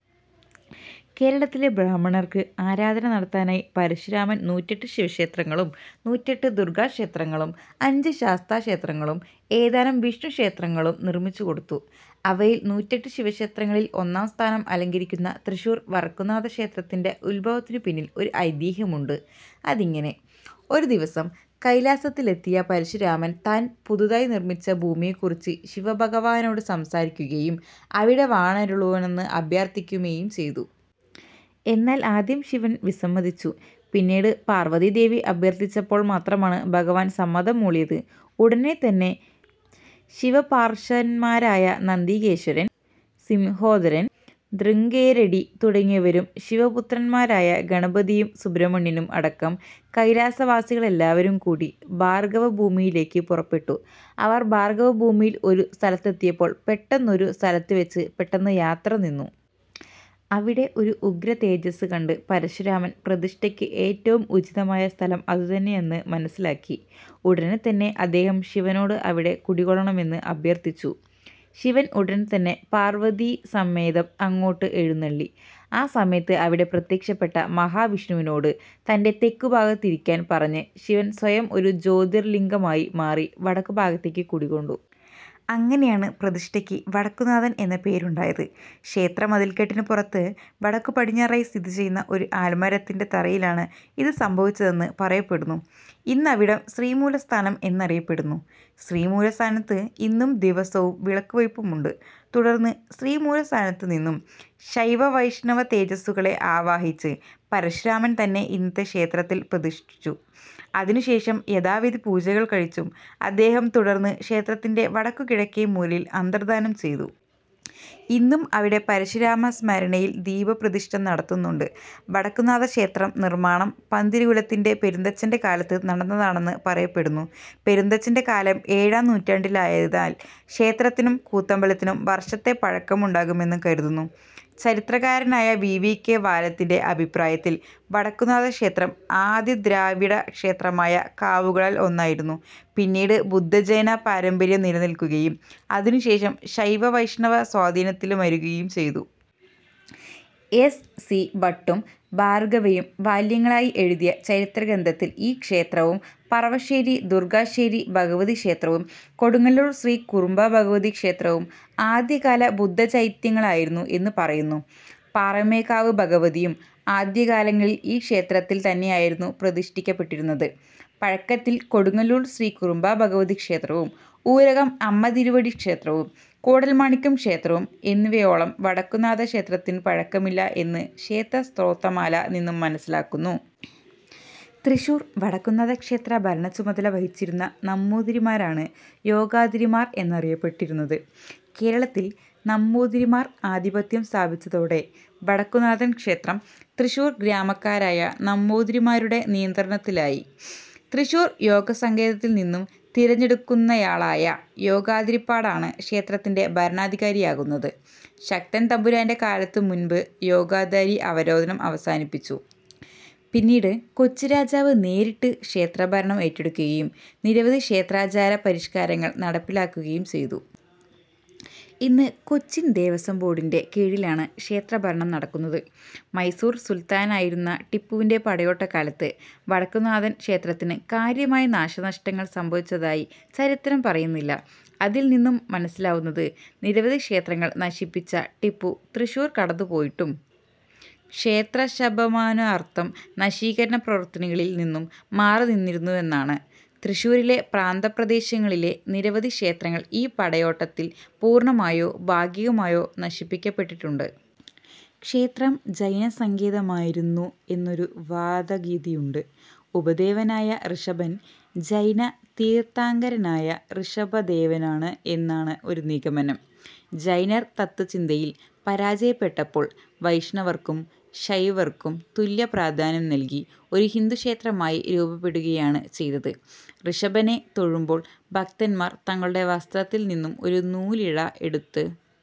കേരളത്തിലെ ബ്രാഹ്മണർക്ക് ആരാധന നടത്താനായി പരശുരാമൻ നൂറ്റെട്ട് ശിവക്ഷേത്രങ്ങളും നൂറ്റെട്ട് ദുർഗ്ഗാക്ഷേത്രങ്ങളും അഞ്ച് ശാസ്താക്ഷേത്രങ്ങളും ഏതാനും വിഷ്ണുക്ഷേത്രങ്ങളും നിർമ്മിച്ചുകൊടുത്തു. അവയിൽ നൂറ്റെട്ട് ശിവക്ഷേത്രങ്ങളിൽ ഒന്നാം സ്ഥാനം അലങ്കരിയ്ക്കുന്ന തൃശ്ശൂർ വടക്കുംനാഥക്ഷേത്രത്തിന്റെ ഉത്ഭവത്തിനുപിന്നിൽ ഒരു ഐതിഹ്യമുണ്ട്. അതിങ്ങനെ: ഒരുദിവസം കൈലാസത്തിലെത്തിയ പരശുരാമൻ താൻ പുതുതായി നിർമ്മിച്ച ഭൂമിയെക്കുറിച്ച് ശിവഭഗവാനോട് സംസാരിയ്ക്കുകയും അവിടെ വാണരുളണമെന്ന് അഭ്യർത്ഥിയ്ക്കുകയും ചെയ്തു. എന്നാൽ ആദ്യം ശിവൻ വിസമ്മതിച്ചു. പിന്നീട് പാർവ്വതീദേവി അഭ്യർത്ഥിച്ചപ്പോൾ മാത്രമാണ് ഭഗവാൻ സമ്മതം മൂളിയത്. ഉടനെത്തന്നെ ശിവപാർഷദന്മാരായ നന്തികേശ്വരൻ, സിംഹോദരൻ, ഭൃംഗീരടി തുടങ്ങിയവരും ശിവപുത്രന്മാരായ ഗണപതിയും സുബ്രഹ്മണ്യനും അടക്കം കൈലാസവാസികളെല്ലാവരും കൂടി ഭാർഗ്ഗവഭൂമിയിലേയ്ക്ക് പുറപ്പെട്ടു. അവർ ഭാർഗ്ഗവഭൂമിയിൽ ഒരു സ്ഥലത്തെത്തിയപ്പോൾ പെട്ടെന്നൊരു സ്ഥലത്തുവച്ച് പെട്ടെന്ന് യാത്ര നിന്നു. അവിടെ ഒരു ഉഗ്രതേജസ്സ് കണ്ട പരശുരാമൻ പ്രതിഷ്ഠയ്ക്ക് ഏറ്റവും ഉചിതമായ സ്ഥലം അതുതന്നെയെന്ന് മനസ്സിലാക്കി. ഉടനെത്തന്നെ അദ്ദേഹം ശിവനോട് അവിടെ കുടികൊള്ളണമെന്ന് അഭ്യർത്ഥിച്ചു. ശിവൻ ഉടനെത്തന്നെ പാർവ്വതീസമേതം അങ്ങോട്ട് എഴുന്നള്ളി. ആ സമയത്ത് അവിടെ പ്രത്യക്ഷപ്പെട്ട മഹാവിഷ്ണുവിനോട് തന്റെ തെക്കുഭാഗത്തിരിയ്ക്കാൻ പറഞ്ഞ ശിവൻ സ്വയം ഒരു ജ്യോതിർലിംഗമായി മാറി വടക്കുഭാഗത്ത് കുടികൊണ്ടു. അങ്ങനെയാണ് പ്രതിഷ്ഠയ്ക്ക് വടക്കുംനാഥൻ എന്ന പേരുണ്ടായത്. ക്ഷേത്രമതിൽക്കെട്ടിനുപുറത്ത് വടക്കുപടിഞ്ഞാറായി സ്ഥിതിചെയ്യുന്ന ഒരു ആൽമരത്തിന്റെ തറയിലാണ് ഇത് സംഭവിച്ചതെന്ന് പറയപ്പെടുന്നു. ഇന്ന് അവിടം ശ്രീമൂലസ്ഥാനം എന്നറിയപ്പെടുന്നു. ശ്രീമൂലസ്ഥാനത്ത് ഇന്നും ദിവസവും വിളക്കുവയ്പുണ്ട്. തുടർന്ന് ശ്രീമൂലസ്ഥാനത്തുനിന്നും ശൈവവൈഷ്ണവതേജസ്സുകളെ ആവാഹിച്ച് പരശുരാമൻ തന്നെ ഇന്നത്തെ ക്ഷേത്രത്തിൽ പ്രതിഷ്ഠിച്ചു. അതിനുശേഷം യഥാവിധി പൂജകൾ കഴിച്ച അദ്ദേഹം തുടർന്ന് ക്ഷേത്രത്തിന്റെ വടക്കുകിഴക്കേമൂലയിൽ അന്തർദ്ധാനം ചെയ്തു. ഇന്നും അവിടെ പരശുരാമസ്മരണയിൽ ദീപപ്രതിഷ്ഠ നടത്തുന്നുണ്ട്. വടക്കുംനാഥക്ഷേത്ര നിർമ്മാണം പന്തിരുകുലത്തിലെ പെരുന്തച്ചൻറെ കാലത്ത് നടന്നതാണെന്ന് പറയപ്പെടുന്നു. പെരുന്തച്ചൻറെ കാലം ഏഴാം നൂറ്റാണ്ടിലാകയാൽ ക്ഷേത്രത്തിനും കൂത്തമ്പലത്തിനും വർഷത്തെ പഴക്കം ഉണ്ടാകുമെന്ന് കരുതുന്നു.. ചരിത്രകാരനായ വി. വി. കെ. വാലത്തിന്റെ അഭിപ്രായത്തിൽ വടക്കുംനാഥക്ഷേത്രം ആദിദ്രാവിഡക്ഷേത്രമായ കാവുകളിൽ ഒന്നായിരുന്നു. പിന്നീട് ബുദ്ധ-ജൈന പാരമ്പര്യം നിലനിൽക്കുകയും അതിനുശേഷം ശൈവ-വൈഷ്ണവ സ്വാധീനത്തിലമരുകയും ചെയ്തു. എസ്. സി. ഭട്ടും ബാർഗവയും വാല്യങ്ങളിലായി എഴുതിയ ചരിത്രഗ്രന്ഥത്തിൽ ഈ ക്ഷേത്രവും പറുവശ്ശേരി ദുർഗ്ഗശ്ശേരി ഭഗവതി ക്ഷേത്രവും കൊടുങ്ങല്ലൂർ ശ്രീ കുരുംബഭഗവതി ക്ഷേത്രവും ആദ്യകാല ബുദ്ധചൈത്യങ്ങളായിരുന്നു എന്നു പറയുന്നു. പാറമേക്കാവ് ഭഗവതിയും ആദ്യകാലങ്ങളിൽ ഈ ക്ഷേത്രത്തിൽ തന്നെയായിരുന്നു പ്രതിഷ്ഠിക്കപ്പെട്ടിരുന്നത്. പഴക്കത്തിൽ കൊടുങ്ങല്ലൂർ ശ്രീ കുരുംബഭഗവതി ക്ഷേത്രം, ഊരകം അമ്മത്തിരുവടി ക്ഷേത്രം, കൂടൽമാണിക്യം ക്ഷേത്രം എന്നിവയോളം വടക്കുംനാഥക്ഷേത്രത്തിനു പഴക്കമില്ല എന്നു ക്ഷേത്രസ്തോത്രമാല നിന്നും മനസ്സിലാവുന്നു. തൃശ്ശുർ വടക്കുംനാഥക്ഷേത്ര ഭരണച്ചുമതല വഹിച്ചിരുന്ന നമ്പൂതിരിമാരാണ് യോഗാതിരിമാർ എന്നറിയപ്പെട്ടിരുന്നത്. കേരളത്തിൽ നമ്പൂതിരിമാർ ആധിപത്യം സ്ഥാപിച്ചതോടെ വടക്കുംനാഥൻ ക്ഷേത്രം തൃശ്ശൂർ ഗ്രാമക്കാരായ നമ്പൂതിരിമാരുടെ നിയന്ത്രണത്തിലായി. തൃശ്ശൂർ യോഗസങ്കേതത്തിൽനിന്നും തിരഞ്ഞെടുക്കുന്നയാളായ യോഗാതിരിപ്പാടാണ് ക്ഷേത്രത്തിൻറെ ഭരണാധികാരിയായിരുന്നത്. ശക്തൻ തമ്പുരാന്റെ കാലത്തിനു മുൻപ് യോഗാതിരി അവരോധം അവസാനിപ്പിച്ചു. പിന്നീട് കൊച്ചിരാജാവ് നേരിട്ട് ക്ഷേത്രഭരണം ഏറ്റെടുക്കുകയും നിരവധി ക്ഷേത്രാചാര പരിഷ്കാരങ്ങൾ നടപ്പിലാക്കുകയും ചെയ്തു. ഇന്ന് കൊച്ചിൻ ദേവസ്വം ബോർഡിൻറെ കീഴിലാണ് ക്ഷേത്രഭരണം നടക്കുന്നത്. മൈസൂർ സുൽത്താനായിരുന്ന ടിപ്പുവിന്റെ പടയോട്ടകാലത്ത് വടക്കുംനാഥൻ ക്ഷേത്രത്തിനു കാര്യമായ നാശനഷ്ടങ്ങൾ സംഭവിച്ചതായി ചരിത്രം പറയുന്നില്ല. അതിൽ നിന്നും മനസ്സിലാവുന്നത് നിരവധിക്ഷേത്രങ്ങൾ നശിപ്പിച്ച ടിപ്പു, തൃശ്ശൂർ കടന്നു പോയിട്ടും ക്ഷേത്രേശബഹുമാനാർത്ഥം നശീകരണ പ്രവൃത്തികളിൽ നിന്നും മാറിനിന്നിരുന്നുവെന്നാണ്. തൃശ്ശൂരിലെ പ്രാന്തപ്രദേശങ്ങളിലെ നിരവധി ക്ഷേത്രങ്ങൾ ഈ പടയോട്ടത്തിൽ പൂർണ്ണമായോ ഭാഗികമായോ നശിപ്പിയ്ക്കപ്പെട്ടിട്ടുണ്ട്. ക്ഷേത്രം ജൈനസങ്കേതമായിരുന്നു എന്നൊരു വാദഗതിയുണ്ട്. ഉപദേവനായ ഋഷഭൻ ജൈന തീർത്ഥങ്കരനായ ഋഷഭദേവനാണ് എന്നാണ് ഒരു നിഗമനം. ജൈനർ തത്ത്വചിന്തയിൽ പരാജയപ്പെട്ടപ്പോൾ വൈഷ്ണവർക്കും ശൈവർക്കും തുല്യ പ്രാധാന്യം നൽകി ഒരു ഹിന്ദുക്ഷേത്രമായി രൂപപ്പെടുകയാണ് ചെയ്തത്. ഋഷഭനെ തൊഴുമ്പോൾ ഭക്തന്മാർ തങ്ങളുടെ വസ്ത്രത്തിൽ നിന്നും ഒരു നൂലിഴ എടുത്ത്